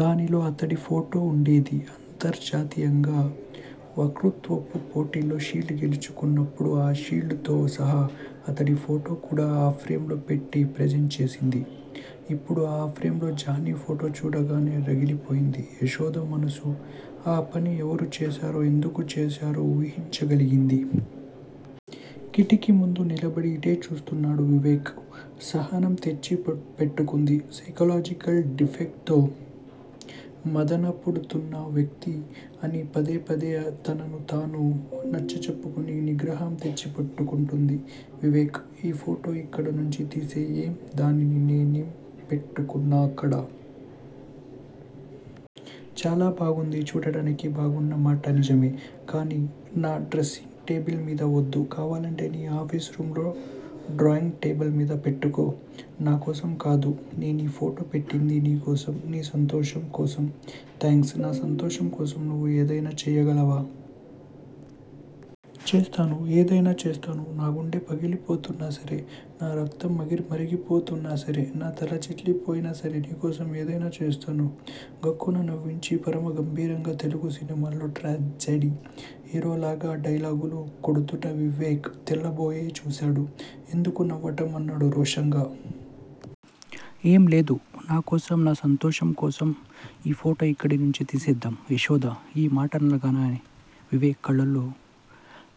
దానిలో అతడి ఫోటో ఉండేది. అంతర్జాతీయంగా వక్తృత్వపు పోటీల్లో షీల్డ్ గెలుచుకున్నప్పుడు, ఆ షీల్డ్ తో సహా అతడి ఫోటో కూడా ఆ ఫ్రేంలో పెట్టి ప్రెజెంట్ చేసింది. ఇప్పుడు ఆ ఫ్రేంలో జానీ ఫోటో చూడగానే, రగిలిపోయింది యశోద మనసు. ఆ పని ఎవరు చేశారో, ఎందుకు చేశారో, ఊహించగలిగింది. కిటికీ ముందు నిలబడి ఇటే చూస్తున్నాడు వివేక్. సహనం తెచ్చి పెట్టుకుంది సైకలాజికల్ డిఫెక్ట్ తో మధనపడుతున్న వ్యక్తి అని పదే పదే తనను తను నచ్చజెప్పుకుని నిగ్రహం తెచ్చి పెట్టుకుంటోంది. వివేక్! ఈ ఫోటో ఇక్కడ నుంచి తీసెయ్! ఏం? దానిని నేనే పెట్టాను అక్కడ. చాలా బాగుంది చూడటానికి బాగున్నమాట నిజమే! కానీ నా డ్రెస్సింగ్ టేబిల్ మీద వద్దు. కావాలంటే నీ ఆఫీస్ రూంలో డ్రాయింగ్ టేబిల్ మీద పెట్టుకో నాకోసం కాదు. నేనీ ఫోటో పెట్టింది, నీకోసం నీ సంతోషం కోసం. థేంక్స్. నా సంతోషం కోసం నువ్వు ఏదైనా చెయ్యగలవా? చేస్తాను. ఏదైనా చేస్తాను. నాగుండె పగిలిపోతున్నా సరే!. నా రక్తం మరిగిపోతున్నాసరే! నా తల చిట్లిపోయినా సరే! నీకోసం ఏదైనా చేస్తాను. ఫక్కున నవ్వింది. పరమ గంభీరంగా, తెలుగు సినిమాల్లో ట్రాజెడీ హీరోలాగా, డైలాగులు కొడుతున్న వివేక్ తెల్లబోయి చూశాడు. ఎందుకు నవ్వటం? అన్నాడు రోషంగా. ఏం లేదు నాకోసం, నా సంతోషం కోసం ఈ ఫోటో ఇక్కడి నుంచి తీసేద్దాం? యశోద ఈ మాటలనగానే, వివేక్ కళ్లలో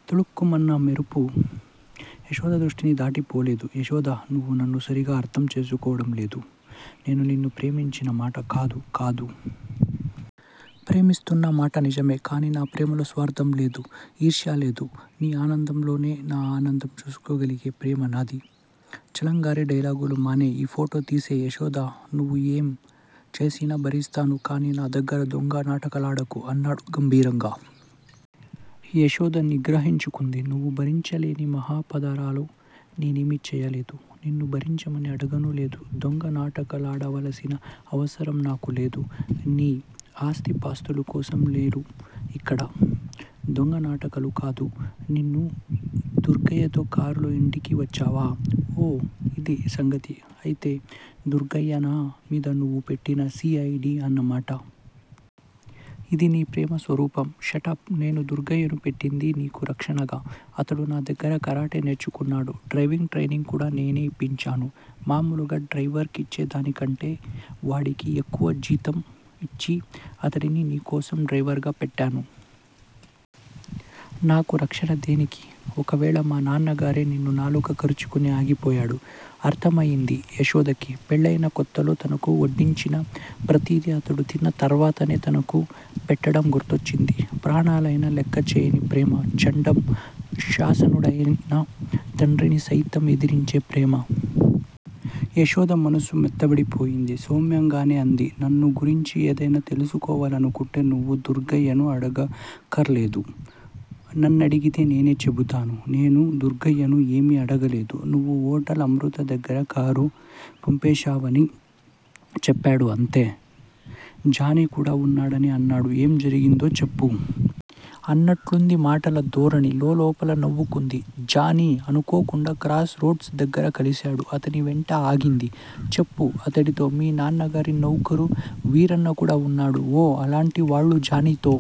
తళుక్కుమన్న మెరుపు యశోద దృష్టిని దాటి పోలేదు. యశోదా! నువ్వు నన్ను సరిగా అర్థం చేసుకోవడం లేదు నేను నిన్ను ప్రేమించిన మాట కాదు కాదు! ప్రేమిస్తున్న మాట నిజమే! కానీ నా ప్రేమలో స్వార్థం లేదు. ఈర్ష్య లేదు. నీ ఆనందంలోనే నా అనందం చూసుకోగలిగే ప్రేమనాది. చలంగారి డైలాగులు మానెయ్ ఈ ఫోటో తీసెయ్. యశోదా! నువ్వు యేం చేసినా భరిస్తాను, కానీ నాదగ్గర దొంగ నాటకాలాడకు అన్నాడు గంభీరంగా. యశోద నిగ్రహించుకుంది నువ్వు భరించలేని మహాపరాధాలు నేనేమీ చెయ్యలేదు. నిన్ను భరించమని అడగనూ లేదు. దొంగ నాటకాలాడవలసిన అవసరం నాకు లేదు! నీ ఆస్థిపాస్తుల కోసం లేను ఇక్కడ. దొంగ నాటకాలు కాదూ! నిన్న దుర్గయ్యతో కారులో ఇంటికి వచ్చావా? ఓ! ఇదీ సంగతి! అయితే, దుర్గయ్య నా మీద నువ్వు పెట్టిన సి ఐ డి అన్నమాట! ఇదీ నీ ప్రేమ స్వరూపం. షటప్! నేను దుర్గయ్యను పెట్టింది, నీకు రక్షణగా. అతడు నా దగ్గర కరాటే నేర్చుకున్నాడు డ్రైవింగ్ ట్రైనింగ్ కూడా నేనే ఇప్పించాను. మామూలుగా డ్రైవర్ కిచ్చే దానికంటే వాడికి ఎక్కువ జీతం ఇచ్చి, అతడిని నీకోసం డ్రైవర్ గా పెట్టాను. నాకు రక్షణ దేనికీ? ఒకవేళ మా నాన్నగారే నిన్ను నాలుక కరుచుకుని ఆగిపోయాడు. అర్థమయింది యశోదకి. పెళ్ళయిన కొత్తల్లో, తనకు వడ్డించిన ప్రతిదీ అతడు తిన్న తర్వాతనే తనకు పెట్టడం గుర్తొచ్చింది. ప్రాణాలయినా లెక్క చేయని ప్రేమ. ఛండ శాసనుడయిన తండ్రిని సైతం ఎదిరించే ప్రేమ! యశోద మనసు మెత్తబడిపోయింది సౌమ్యంగానే అంది నన్ను గురించి ఏదైనా తెలుసుకోవాలనుకుంటే నువ్వు దుర్గయ్యను అడగక్కరలేదు. నన్నడిగితే నేనే చెపుతాను నేను దుర్గయ్యను ఏమి అడగలేదు. నువ్వు హోటల్ అమృతా దగ్గర కారు పంపేశావని చెప్పాడు అంతే. జానీ కూడా ఉన్నాడని అన్నాడు. ఏం జరిగిందో చెప్పు? అన్నట్లుంది మాటల ధోరణి. లోలోపల నవ్వుకుంది. జానీ అనుకోకుండా, క్రాస్ రోడ్స్ దగ్గర కలిశాడు!. అతని వెంట ఆగింది. చెప్పు? అతడితో మీ నాన్నగారి నౌకరు వీరన్న కూడా ఉన్నాడు. ఓ! అలాంటి వాళ్ళు జానీతో